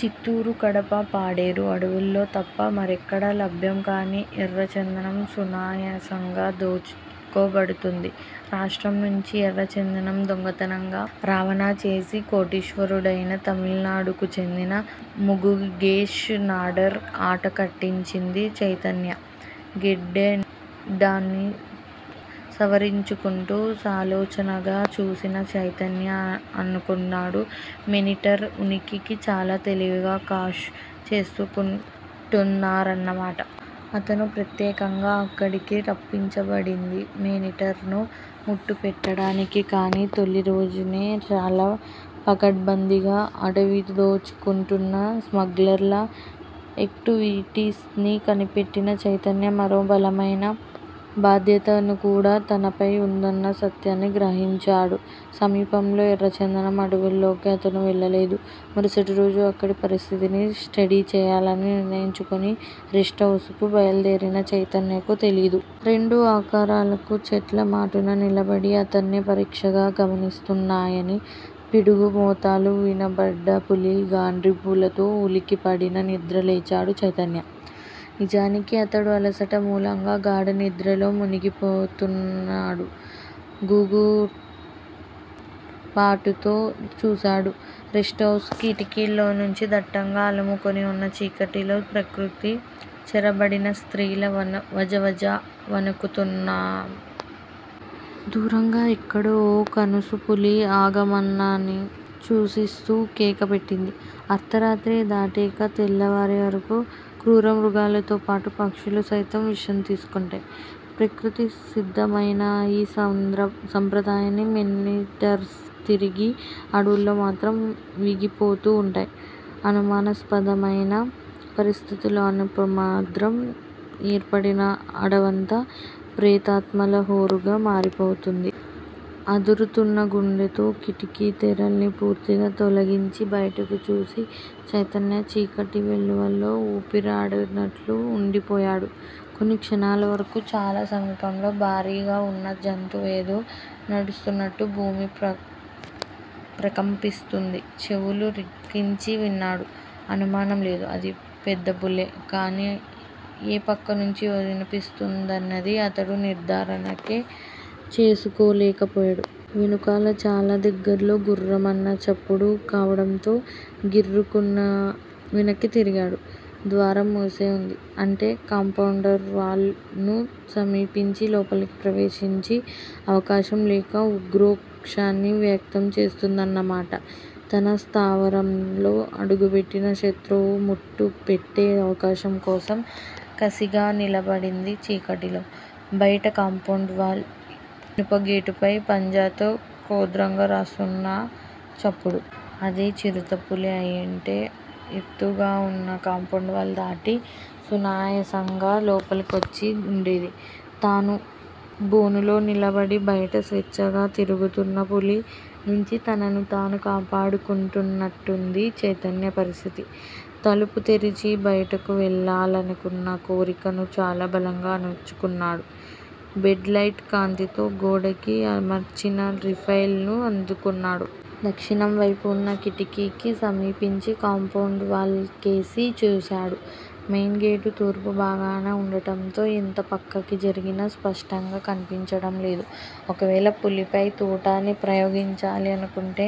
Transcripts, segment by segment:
చిత్తూరు, కడప, పాడేరు అడవులలో తప్ప మరెక్కడా లభ్యం కాని ఎర్రచందనం సునాయాసంగా దోచుకోబడుతూంది. రాష్ట్రం నుంచి ఎర్రచందనం దొంగతనంగా రవాణాచేసి కోటీశ్వరుడయిన తమిళనాడుకు చెందిన ముగుగేశ్ నాడార్ ఆట కట్టించింది చైతన్య. గెడ్డాన్ని సవరించుకుంటూ సాలోచనగా చూసిన చైతన్య అనుకున్నాడు మేనీటర్ ఉనికిని చాలా తెలివిగా కాష్ చేసుకుంటున్నారన్నమాట. అతను ప్రత్యేకంగా అక్కడికి రప్పించబడింది మేనీటర్ ను మట్టుపెట్టడానికి. కానీ తొలి రోజునే చాలా పకడ్భందీగా అడవినిదోచుకుంటున్న స్మగ్లర్ల ఏక్టువిటీస్ ని కనిపెట్టిన చైతన్య మరో బలమయిన బాధ్యతనుకూడా తనపై వుందన్న సత్యాన్ని గ్రహించాడు. సమీపంలోని ఎర్రచందనపు అడవిలోకి అతను వెళ్ళలేదు. మరుసటిరోజు అక్కడి పరిస్థితిని స్టడీ చేయాలని నిర్ణయించుకుని రెస్టుహౌస్ కి బయలుదేరిన చైతన్యకు తెలీదు. రెండు ఆకారాలు చెట్లమాటున నిలబడి అతన్నే పరీక్షగా గమనిస్తున్నాయని. పిడుగుమోతలు వినబడ్డ పులి గాండ్రింపుతో ఉలికిపడి నిద్రలేచాడు చైతన్య. నిజానికి అతడు అలసట మూలంగా గాఢనిద్రలో మునిగిపోయివున్నాడు. గగుర్పాటుతో చూశాడు రెస్టుహౌస్ కిటికీలోంచి. దట్టంగా అలుముకుని వున్న చీకటిలో ప్రకృతి చెరచబడిన స్త్రీలా వజవజా వణుకుతూన్న. దూరంగా ఎక్కడో ఓ కణుసు పులి ఆగమనాన్ని సూచిస్తూ కేక పెట్టింది. అర్దరాత్రి దాటేక తెల్లవారేవరకూ క్రూరమృగాలతోపాటు పక్షులు సైతం విశ్రాంతిని తీసుకుంటాయి. ప్రకృతి సిద్ధమయిన ఈ సంప్రదాయం మేనీటర్స్ తిరిగే అడవుల్లో మాత్రం వీగిపోతూ వుంటుంది. అనుమానాస్పదమయిన పరిస్థితులు అణుమాత్రం ఏర్పడినా, అడవంతా ప్రేతాత్మల హోరుగా మారిపోతుంది. అదురుతున్న గుండెతో కిటికీ తెరల్ని పూర్తిగా తొలగించి బయటకు చూసి చైతన్య చీకటి వెల్లువలో ఊపిరాడనట్లు ఉండిపోయాడు కొన్ని క్షణాలవరకూ. చాలా సమీపంలో భారీగావున్న జంతువేదో నడుస్తున్నట్టు భూమి ప్రకంపిస్తూంది. చెవులు రిక్కించి విన్నాడు. అనుమానం లేదు. అది పెద్దపులే. కాని, ఏ పక్కనుంచి వినవస్తున్నదీ అతడు నిర్దారణే చేసుకోలేకపోయాడు. వెనుకగా చాలా దగ్గర్లో గుర్రుమన్న చప్పుడు కావడంతో గిరుక్కున వెనక్కి తిరిగాడు. ద్వారంమూసే వుంది. అంటే కాంపౌండువాల్ ను సమీపించి లోపలికి ప్రవేశించే అవకాశం లేక ఉక్రోషాన్ని వ్యక్తం చేస్తూందన్నమాట. తన స్థావరంలో అడుగుపెట్టిన శత్రువును మట్టుపెట్టే అవకాశం కోసం కసిగా నిలబడింది చీకటిలో. బయట కాంపౌండ్ వాల్ ఇనుపగేటుపై పంజాతో క్రోధంగా రాస్తున్న చప్పుడు. అదే చిరుతపులి అయ్యుంటే ఎత్తుగావున్న కాంపౌండ్ వాల్ దాటి సునాయాసంగా లోపలికివచ్చి వుండేది. తను బోనులో నిలబడి బయట స్వేచ్ఛగా తిరుగుతున్న పులి నుంచి తనను తాను కాపాడుకుంటున్నట్టుంది చైతన్య పరిస్థితి. తలుపు తెరిచి బయటకు వెళ్ళాలనుకున్న కోరికను చాలా బలంగా అణుచుకున్నాడు. బెడ్ లైట్ కాంతిలో గోడకి అమర్చిన రైఫిల్ ను అందుకున్నాడు. దక్షిణంవేపున వున్న కిటికీని సమీపించి కాంపౌండ్ వాల్ కేసి చూశాడు. మెయిన్ గేటు తూర్పుభాగాన ఉండటంతో ఎంత పక్కకి జరిగినా స్పష్టంగా కనిపించడంలేదు. ఒకవేళ పులిపై తూటాని ప్రయోగించాలి అనుకుంటే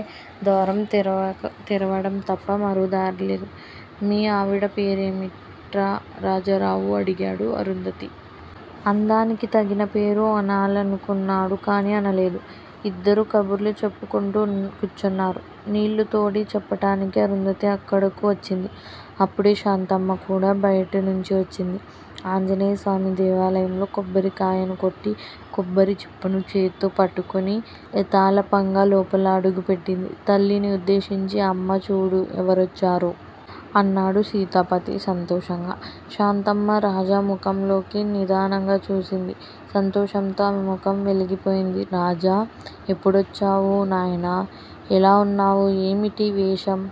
ద్వారం తెరవడం తప్ప మరో దారిలేదు. మీ ఆవిడ పేరేమిటిరా? రాజారావు అడిగాడు. అరుంధతి! అందానికి తగిన పేరు అనాలనుకున్నాడు కాని అనలేదు. ఇద్దరూ కబుర్లు చెప్పుకుంటూ కూచున్నారు. నీళ్ళు తోడి చెప్పటానికి అరుంధతి అక్కడకు వచ్చింది. అప్పుడే శాంతమ్మ కూడా బయటినుంచి వచ్చింది. ఆంజనేయస్వామి దేవాలయంలో కొబ్బరి కాయను కొట్టి, కొబ్బరిచిప్పను చేత్తో పట్టుకుని యథాలాపంగా లోపల అడుగు పెట్టిన తల్లిని ఉద్దేశించి, అమ్మా చూడు ఎవరొచ్చారో! అన్నాడు సీతాపతి సంతోషంగా. శాంతమ్మ రాజా ముఖంలోకి నిదానంగా చూసింది. సంతోషంతో ఆమె ముఖం వెలిగిపోయింది. రాజా! ఎప్పుడొచ్చావు నాయనా! ఎలా వున్నావు? ఏమిటీ వేషం?